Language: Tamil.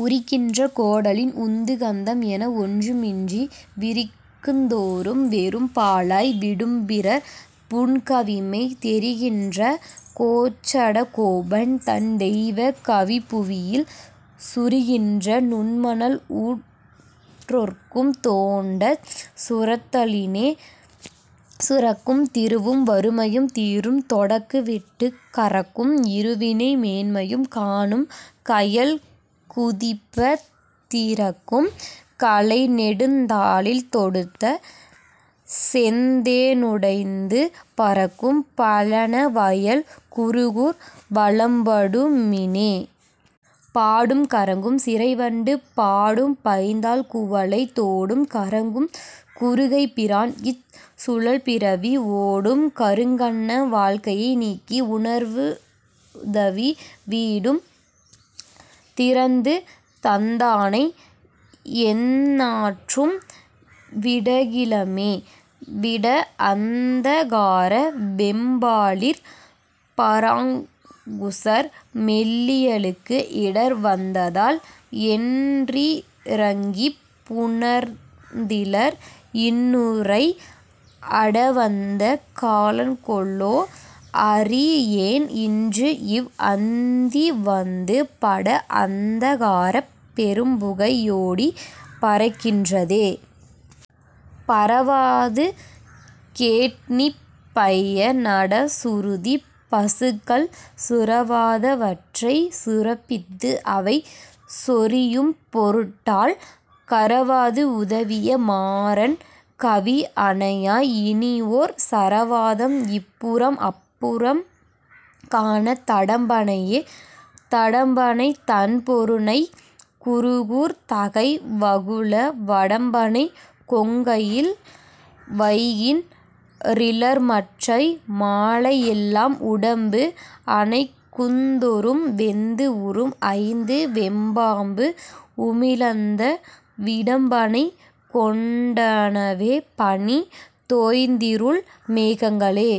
உரிக்கின்ற கோடலின் உந்துகந்தம் என ஒன்றுமின்றி விரிக்குந்தோறும் வெறும் பாழாய் விடும்பிறர் புன்கவிமெய் தெரிக்கின்ற கோச்சடகோபன் தன் தெய்வக் கவிபுவியில் சுரிக்கின்ற நுண்மணல் ஊற்றொக்கும் தோண்டச் சுரத்தலினே.. சுரக்கும் திருவும் வறுமையும் தீரும் தொடக்கு விட்டுக் கரக்கும் இருவினை மேன்மையும் காணும் கயல்குதிப்பத் திரக்கும் கழைநெடுந் தாளில் தொடுத்த செந்தேனுடைந்து பரக்கும் பழன வயல் குருகூர் வளம்படுமினே. பாடும் கறங்கும் சிறைவண்டு பாடும்பைந்தாள் குவளை தோடும் கறங்கும் குருகைப்பிரான் இச் சுழல்பிறவி ஓடும் கறங்கன்ன வாழ்கையை நீக்கி உணர்வுதவி வீடும் திறந்து தந்தானை எந்நாற்றும் விடகிலமே. விட அந்தகார வெம்பாலிற் பராங்குசர் மெல்லியலுக்கு இடர் வந்ததால் என்றிரங்கிப் புணர்ந்திலர் இன்னுயிரை அடவந்த காலன்கொலோ அறியேன் இன்று இவ் அந்திவந்து பட அந்தகாரப் பெரும்புகையோடிப் பரக்கின்றதே. பரவாது கேட்டினிப் பைய நட சுருதிப் பசுக்கள் சுரவாதவற்றைச் சுரப்பித்து அவை சொரியும் பொருட்டால் கரவாது உதவிய மாறன் கவி அனையாய் இனிஓர் சரவாதம் இப்புறம் அப்புறம் காணத் தடம்பணையே. தடம்பணைத் தண்பொருநைக் குருகூர் தகை வகுள வடம்பணைக் கொங்கையில் வைக்கின் றிலர்மற்றை மாலைஎல்லாம் உடம்பு அணைக்குந்தொறும் வெந்துஉரும் ஐந்து வெம்பாம்பு உமிழந்த விடம்பணைக் கொண்டனவே பனி தோய்ந்திருள் மேகங்களே.